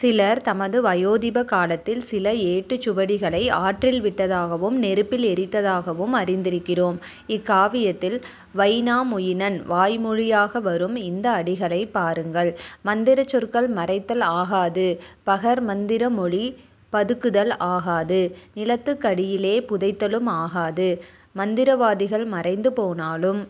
சிலர் தமது வயோதிப காலத்தில் சில ஏட்டுச் சுவடிகளை ஆற்றில் விட்டதாகவும் நெருப்பில் எரித்ததாகவும் அறிந்திருக்கிறோம். இக்காவியத்தில் வைனாமொயினன் வாய்மொழியாக வரும் இந்த அடிகளைப் பாருங்கள். மந்திரச் சொற்கள் மறைத்தல் ஆகாது பகர்மந்திர மொழி பதுக்குதல் ஆகாது நிலத்துக் கடியிலே புதைத்தலும் ஆகாது மந்திரவாதிகள் மறைந்துபோனாலும்.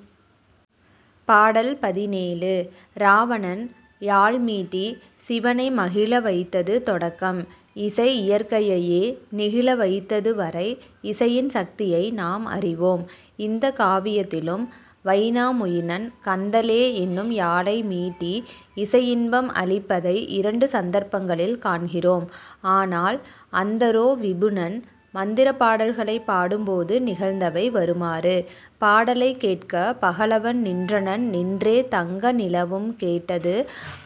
பாடல் பதினேழு. இராவணன் யாழ் மீட்டிச் சிவனை மகிழ வைத்தது தொடக்கம் இசை இயற்கையையே நெகிழ வைத்ததுவரை இசையின் சக்தியை நாம் அறிவோம். இந்தக் காவியத்திலும் வைனாமொயினன் கந்தலே என்னும் யாழை மீட்டி இசையின்பம் அளிப்பதை இரண்டு சந்தர்ப்பங்களில் காண்கிறோம். ஆனால் அந்தரோ விபுனன் மந்திரப் பாடல்களைப் பாடும்போது நிகழ்ந்தவை வருமாறு: பாடலைக் கேட்கப் பகலவன் நின்றனன் நின்றே தங்க நிலவும் கேட்டது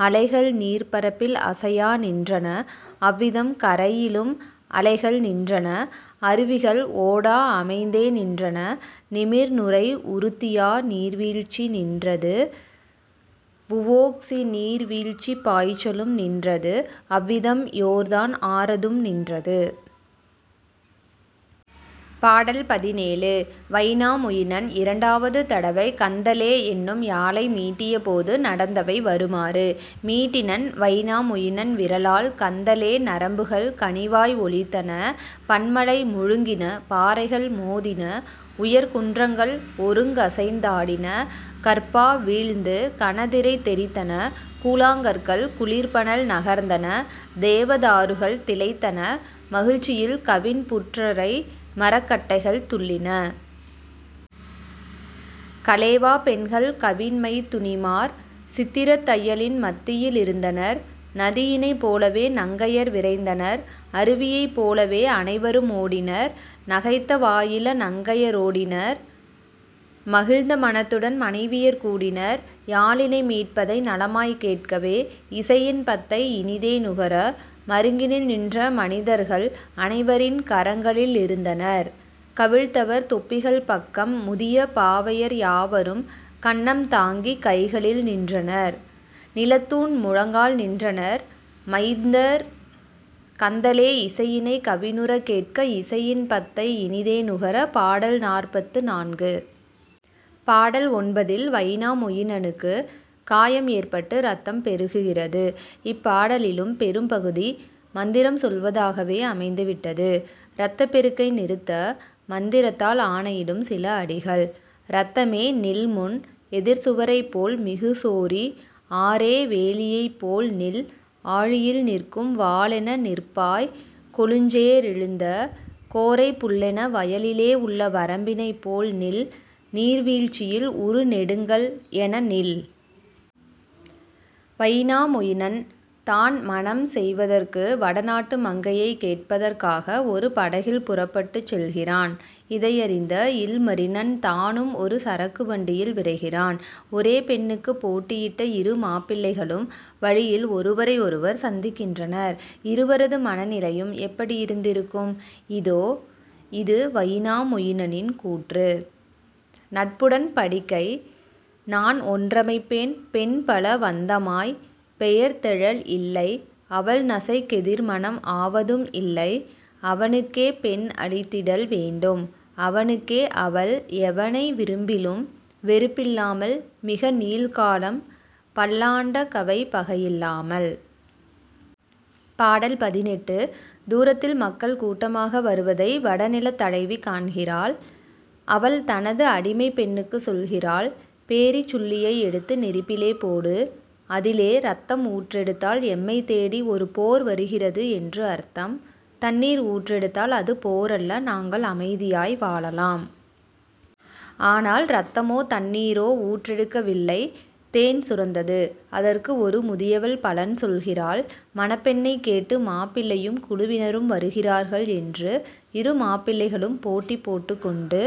அலைகள்நீர்ப் பரப்பில் அசையா நின்றன அவ்விதம் கரையிலும் அலைகள் நின்றன அருவிகள் ஓடா அமைந்தே நின்றன நிமிர்நுரை உறுத்தியா நீர்வீழ்ச்சி நின்றது வுவோக்சிநீர் வீழ்ச்சிப் பாய்ச்சலும் நின்றது அவ்விதம் யோர்தான் ஆறதும் நின்றது. பாடல் பதினேழு. வைனாமொயினன் இரண்டாவது தடவை கந்தலே என்னும் யாழை மீட்டியபோது நடந்தவை வருமாறு: மீட்டினன் வைனாமொயினன் விரலால் கந்தலே நரம்புகள் கனிவாய் ஒலித்தன பன்மலை முழுங்கின பாறைகள் மோதின உயர்குன்றங்கள் ஒருங்கசைந் தாடின கற்பா வீழ்ந்து கனதிரைத் தெறித்தன கூழாங்கற்கள் குளிர்பனல் நகர்ந்தன தேவ தாருகள் திளைத்தன மகிழ்ச்சியில் கவின்புற்றரைமரக் கட்டைகள் துள்ளின. கலேவாப் பெண்கள் கவின்மைத்துனிமார் சித்திரத் தையலின் மத்தியிலிருந்தனர் நதியினைப் போலவே நங்கையர் விரைந்தனர் அருவியைப் போலவே அனைவரு மோடினர் நகைத்த வாயிள நங்கைய ரோடினர் மகிழ்ந்த மனத்துடன் மனைவியர் கூடினர் யாழினை மீட்பதை நலமாய்க் கேட்கவே இசையின் பத்தை இனிதே நுகர. மருங்கினில் நின்ற மனிதர்கள் அனைவரின் கரங்களிலிருந்தனர் கவிழ்த்தவர் தொப்பிகள் பக்கம் முதிய பாவையர் யாவரும் கன்னம் தாங்கிக் கைகளில் நின்றனர் நிலத்தூன் முழங்கால் நின்றனர் மைந்தர் கந்தலே இசையினைக் கவினுறக் கேட்க இசையின் பத்தை இனிதே நுகர பாடல் நாற்பத்து நான்கு. பாடல் ஒன்பதில் வைனாமொயினனுக்குக் காயம் ஏற்பட்டு இரத்தம் பெருகுகிறது. இப்பாடலிலும் பெரும்பகுதி மந்திரம் சொல்வதாகவே அமைந்து விட்டது. இரத்தப் பெருக்கை நிறுத்த மந்திரத்தால் ஆணையிடும் சில அடிகள்: இரத்தமே நில்முன் எதிர்சுவரைப் போல் மிகுசோரி ஆறே வேலியைப் போல்நில் ஆழியில் நிற்கும் வாளென நிற்பாய் கொழுஞ்சேறெழுந்த கோரைப் புல்லென வயலிலே உள்ள வரம்பினைப் போல்நில் நீர்வீழ்ச்சியில் உறுநெடுங்கல் எனநில். வைனாமொயினன் தான் மணம் செய்வதற்கு வட நாட்டு மங்கையைக் கேட்பதற்காக ஒரு படகில் புறப்பட்டுச் செல்கிறான். இதையறிந்த இல்மரினன் தானும் ஒரு சறுக்கு வண்டியில் விரைகிறான். ஒரே பெண்ணுக்குப் போட்டியிட்ட இரு மாப்பிள்ளைகளும் வழியில் ஒருவரையொருவர் சந்திக்கின்றனர். இருவரது மனநிலையும் எப்படி இருந்திருக்கும்? இதோ இது வைனாமொயினனின் கூற்று: நட்புடன் படிக்கை நான் ஒன்றமைப்பேன் பெண்பல வந்தமாய் பெயர்த்தெழல் இல்லை அவள்நசைக் கெதிர்மணம் ஆவதும் இல்லை அவனுக்கே பெண் அளித்திடல் வேண்டும் அவனுக்கே அவள் எவனை விரும்பிலும் வெறுப்பில்லாமல் மிகநீள் காலம் பல்லாண்டகவை பகையில்லாமல். பாடல் பதினெட்டு. தூரத்தில் மக்கள் கூட்டமாக வருவதை வடநிலத் தலைவி காண்கிறாள். அவள் தனது அடிமைப் பெண்ணுக்குச் சொல்கிறாள்: பேரிச் சுள்ளியை எடுத்து நெருப்பிலே போடு. அதிலே இரத்தம் ஊற்றெடுத்தால் எம்மைத் தேடி ஒரு போர் வருகிறது என்று அர்த்தம். தண்ணீர் ஊற்றெடுத்தால், அது போரல்ல நாங்கள் அமைதியாய் வாழலாம். ஆனால் இரத்தமோ தண்ணீரோ ஊற்றெடுக்கவில்லை தேன் சுரந்தது. அதற்கு ஒரு முதியவள் பலன் சொல்கிறாள்: மணப்பெண்ணைக் கேட்டு மாப்பிள்ளையும் குழுவினரும் வருகிறார்கள் என்று. இரு மாப்பிள்ளைகளும் போட்டி போட்டுக் கொண்டு